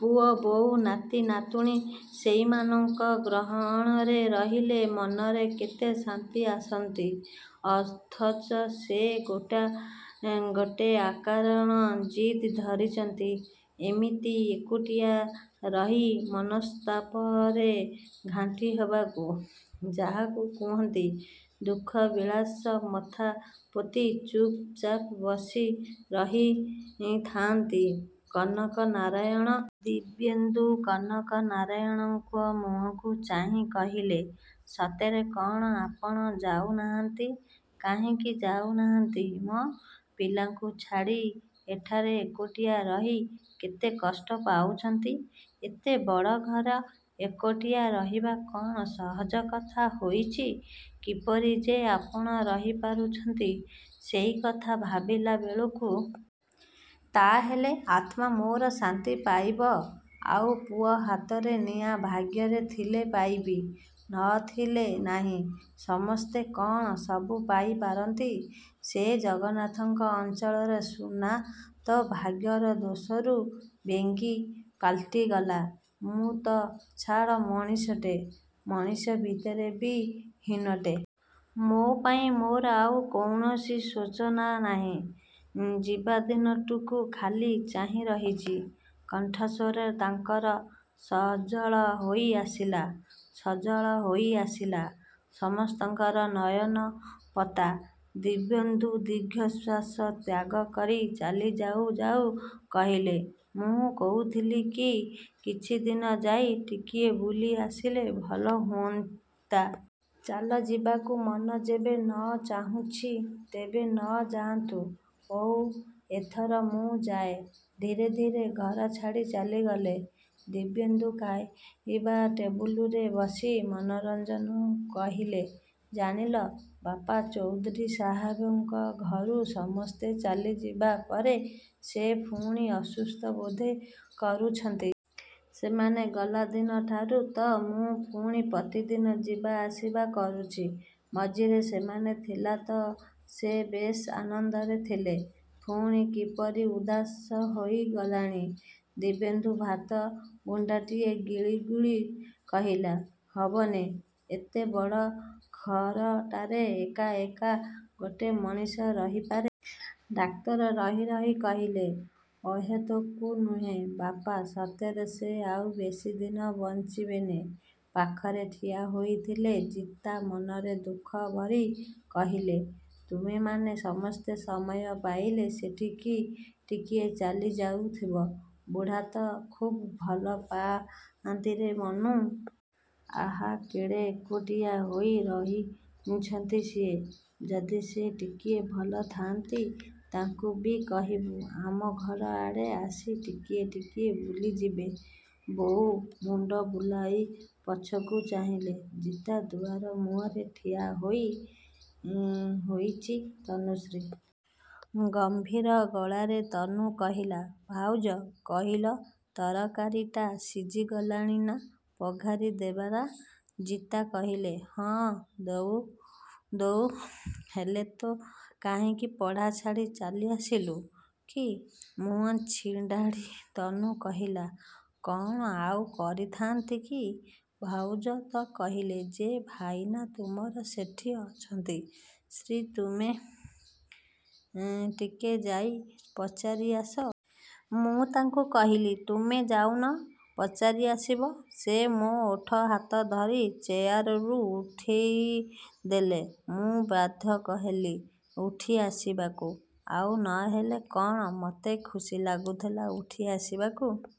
ପୁଅ, ବୋହୂ, ନାତି, ନାତୁଣୀ ସେଇମାନଙ୍କ ଗ୍ରହଣରେ ରହିଲେ ମନରେ କେତେ ଶାନ୍ତି ଆସନ୍ତି। ଅଥଚ ସେ ଗୋଟେ ଆକାରଣ ଜିଦ୍ ଧରିଛନ୍ତି ଇମିତି ଏକୁଟିଆ ରହି ମନସ୍ତାପରେ ଘାଣ୍ଟି ହେବାକୁ। ଯାହାକୁ କହନ୍ତି ଦୁଃଖ ବିଳାସ। ମଥା ପୋତି ଚୁପ୍‌ଚାପ୍ ବସି ରହିଥାଆନ୍ତି କନକ ନାରାୟଣ। ଦିବ୍ୟେନ୍ଦୁ କନକ ନାରାୟଣଙ୍କ ମୁହଁକୁ ଚାହିଁ କହିଲେ ସତରେ କ'ଣ ଆପଣ ଯାଉ ନାହାନ୍ତି। କାହିଁକି ଯାଉ ନାହାନ୍ତି ମ? ପିଲାଙ୍କୁ ଛାଡ଼ି ଏଠାରେ ଏକୁଟିଆ ରହି କେତେ କଷ୍ଟ ପାଉଛନ୍ତି! ଏତେ ବଡ଼ ଘର ଏକୁଟିଆ ରହିବା କ'ଣ ସହଜ କଥା ହୋଇଛି। କିପରି ଯେ ଆପଣ ରହି ପାରୁଛନ୍ତି ସେଇକଥା ଭାବିଲା ବେଳକୁ ତାହାହେଲେ, ଆତ୍ମା ମୋର ଶାନ୍ତି ପାଇବ। ଆଉ ପୁଅ ହାତରେ ନିଆଁ, ଭାଗ୍ୟରେ ଥିଲେ ପାଇବି। ନ ଥିଲେ ନାହିଁ। ସମସ୍ତେ କ'ଣ ସବୁ ପାଇ ପାରନ୍ତି? ସେ ଜଗନ୍ନାଥଙ୍କ ଅଞ୍ଚଳର ସୁନା ତ ଭାଗ୍ୟଦୋଷରୁ ବେଙ୍ଗୀ ପାଲଟିଗଲା। ମୁଁ ତ ଛାର ମଣିଷଟେ। ମଣିଷ ଭିତରେ ବି ହୀନଟେ। ମୋ ପାଇଁ ମୋର ଆଉ କୌଣସି ଶୋଚନା ନାହିଁ। ଯିବାଦିନଟିକୁ ଖାଲି ଚାହିଁ ରହିଛି। କଣ୍ଠସ୍ୱର ତାଙ୍କର ସଜଳ ହୋଇ ଆସିଲା। ସଜଳ ହୋଇ ଆସିଲା ସମସ୍ତଙ୍କର ନୟନପତା। ଦିବ୍ୟେନ୍ଦୁ ଦୀର୍ଘଶ୍ୱାସ ତ୍ୟାଗ କରି ଚାଲି ଯାଉ ଯାଉ କହିଲେ ମୁଁ କହୁଥିଲି କି କିଛିଦିନ ଯାଇ ଟିକିଏ ବୁଲି ଆସିଲେ ଭଲ ହୁଅନ୍ତା। ଚାଲି ଯିବାକୁ ମନ ଯେବେ ନ ଚାହୁଁଛି ତେବେ ନ ଯାଆନ୍ତୁ। ହଉ ଏଥର ମୁଁ ଯାଏ। ଧୀରେ ଧୀରେ ଘର ଛାଡ଼ି ଚାଲିଗଲେ ଦିବ୍ୟେନ୍ଦୁ। ଖାଇବା ଟେବୁଲରେ ବସି ମନୋରଞ୍ଜନ କହିଲେ ଜାଣିଲେ ବାପା, ଚୌଧୁରୀ ସାହେବଙ୍କ ଘରୁ ସମସ୍ତେ ଚାଲିଯିବା ପରେ ସେ ପୁଣି ଅସୁସ୍ଥ ବୋଧେ କରୁଛନ୍ତି। ସେମାନେ ଗଲା ଦିନଠାରୁ ତ ମୁଁ ପୁଣି ପ୍ରତିଦିନ ଯିବା ଆସିବା କରୁଛି। ମଝିରେ ସେମାନେ ଥିଲା ତ ସେ ବେଶ୍ ଆନନ୍ଦରେ ଥିଲେ। ପୁଣି କିପରି ଉଦାସ ହୋଇଗଲେଣି। ଦିବ୍ୟେନ୍ଦୁ ଭାତ ଗୁଣ୍ଡାଟିଏ ଗିଳି ଗିଳୁ କହିଲେ ହବନି? ଏତେ ବଡ଼ ଘରଟାରେ ଏକା ଏକା ଗୋଟେ ମଣିଷ ରହି ପାରେ? ଡାକ୍ତର ରହି ରହି କହିଲେ ଅହେତୁକୁ ନୁହେଁ ବାପା, ସତରେ ସେ ଆଉ ବେଶୀ ଦିନ ବଞ୍ଚିବେନି। ପାଖରେ ଠିଆ ହୋଇଥିଲେ ଜିତା, ମନରେ ଦୁଃଖ ଭରି କହିଲେ ତୁମେମାନେ ସମସ୍ତେ ସମୟ ପାଇଲେ ସେଠିକି ଟିକିଏ ଚାଲି ଯାଉଥିବ। ବୁଢ଼ା ତ ଖୁବ୍ ଭଲ ପାଆନ୍ତିରେ ମନୁ। ଆହା, କେଡ଼େ ଏକୁଟିଆ ହୋଇ ରହିଛନ୍ତି ସିଏ। ଯଦି ସେ ଟିକିଏ ଭଲ ଥାନ୍ତି ତାଙ୍କୁ ବି କହିବୁ ଆମ ଘର ଆଡ଼େ ଆସି ଟିକିଏ ଟିକିଏ ବୁଲି ଯିବେ। ବୋଉ ମୁଣ୍ଡ ବୁଲାଇ ପଛକୁ ଚାହିଁଲେ ଜିତା। ଦୁଆର ମୁହଁରେ ଠିଆ ହୋଇ ହୋଇଛି ତନୁଶ୍ରୀ। ଗମ୍ଭୀର ଗଳାରେ ତନୁ କହିଲା ଭାଉଜ କହିଲ ତରକାରୀଟା ସିଝିଗଲାଣି ନା, ବଘାରି ଦେବାନା? ଜିତା କହିଲେ ହଁ ଦେଉ। ହେଲେ ତୁ କାହିଁକି ପଢ଼ା ଛାଡ଼ି ଚାଲି ଆସିଲୁ କି? ମୁହଁ ଛିଡାଡ଼ି ତନୁ କହିଲା କ'ଣ ଆଉ କରିଥାନ୍ତି କି? ଭାଉଜ ତ କହିଲେ ଯେ ଭାଇନା ତୁମର ସେଠି ଅଛନ୍ତି, ଶ୍ରୀ ତୁମେ ଟିକେ ଯାଇ ପଚାରି ଆସ। ମୁଁ ତାଙ୍କୁ କହିଲି ତୁମେ ଯାଉନ ପଚାରି ଆସିବ? ସେ ମୋ ଓଠ ହାତ ଧରି ଚେୟାରରୁ ଉଠାଇ ଦେଲେ। ମୁଁ ବାଧ୍ୟ ହେଲି ଉଠି ଆସିବାକୁ। ଆଉ ନ ହେଲେ କ'ଣ ମତେ ଖୁସି ଲାଗୁଥିଲା ଉଠି ଆସିବାକୁ।